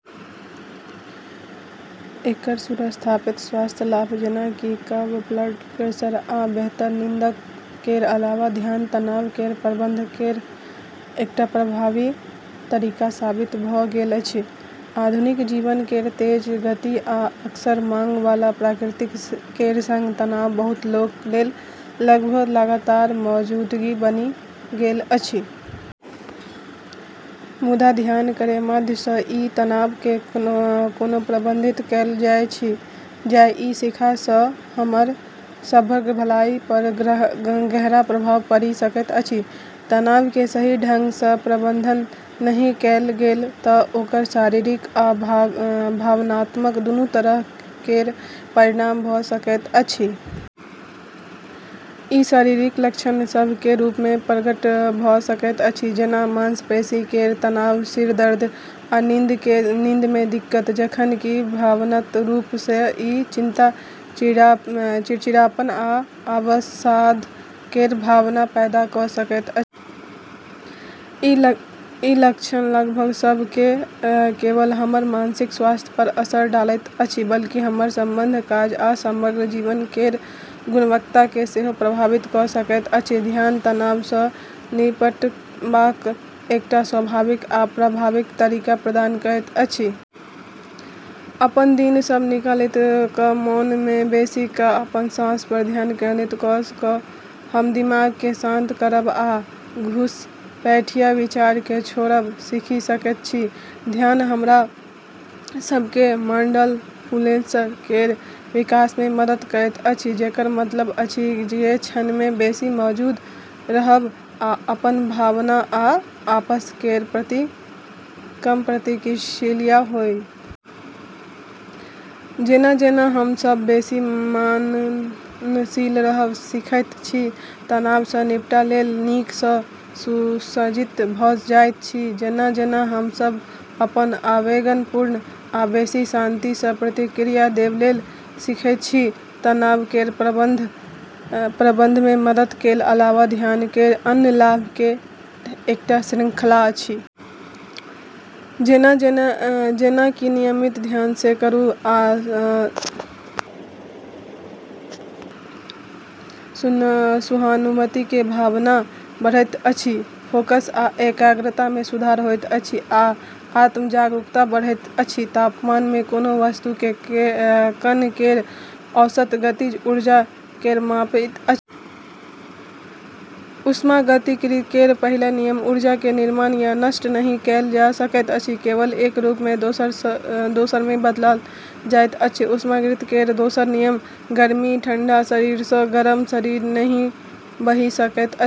एकर सुस्थापित स्वास्थ्य लाभ, जेना कि कम ब्लड प्रेशर आ बेहतर नींद केर अलावा, ध्यान तनाव केर प्रबंधन केर एकटा प्रभावी तरीका साबित भऽ गेल अछि। आधुनिक जीवन केर तेज गति आ अक्सर मांग बला प्रकृति केर संग तनाव बहुत लोक लेल लगभग लगातार मौजूदगी बनि गेल अछि। मुदा, ध्यान केर माध्यम सँ ई तनाव केँ कोना प्रबंधित कएल जाय, ई सीखला सँ हमर समग्र भलाई पर गहरा प्रभाव पड़ि सकैत अछि। तनाव केँ सही ढंग सँ प्रबंधन नहि कएल गेल तँ ओकर शारीरिक आ भावनात्मक दुनू तरह केर परिणाम भऽ सकैत अछि। ई शारीरिक लक्षण सभ केर रूप मे प्रकट भऽ सकैत अछि जेना मांसपेशियों केर तनाव, सिर दर्द, आ नींद मे दिक्कत, जखन कि भावनात्मक रूप सँ ई चिंता, चिड़चिड़ापन आ अवसाद केर भावना पैदा कऽ सकैत अछि। ई लक्षण सभ न केवल हमर मानसिक स्वास्थ्य पर असर डालैत अछि बल्कि हमर संबंध, काज आ समग्र जीवन केर गुणवत्ता केँ सेहो प्रभावित कऽ सकैत अछि। ध्यान तनाव सँ निपटबाक एकटा स्वाभाविक आ प्रभावी तरीका प्रदान करैत अछि। अपन दिन सँ समय निकालि कऽ मौन मे बैसि कऽ अपन साँस पर ध्यान केंद्रित कऽ कऽ हम दिमाग केँ शांत करब आ घुसपैठिया विचार केँ छोड़ब सीखि सकैत छी। ध्यान हमरा सभ केँ माइंडफुलनेस केर विकास मे मदद करैत अछि, जेकर मतलब अछि जे क्षण मे बेसी मौजूद रहब आ अपन भावना आ आसपास केर प्रति कम प्रतिक्रियाशील होनाय। जेना-जेना हम सभ बेसी मननशील रहब सीखैत छी, तनाव सँ निपटबा लेल नीक सँ सुसज्जित भऽ जाइत छी, जेना-जेना हम सभ कम आवेगपूर्ण आ बेसी शांति सँ प्रतिक्रिया देबय लेल सीखैत छी। तनाव केर प्रबंधन मे मदद केर अलावा, ध्यान केर अन्य लाभ केर एकटा श्रृंखला अछि। जेना कि नियमित ध्यान सँ करुणा आ सहानुभूति केर भावना बढ़ैत अछि, फोकस आ एकाग्रता मे सुधार होइत अछि, आ आत्म-जागरूकता बढ़ैत अछि। तापमान कोनो वस्तु मे कण केर औसत गतिज ऊर्जा केर माप अछि। ऊष्मागतिकी केर पहिल नियम: ऊर्जा केर निर्माण या नष्ट नहि कएल जा सकैत अछि, केवल एक रूप सँ दोसर रूप मे बदलल जाइत अछि। ऊष्मागतिकी केर दोसर नियम: गर्मी ठंडा शरीर सँ गरम शरीर मे नहि बहि सकैत अछि।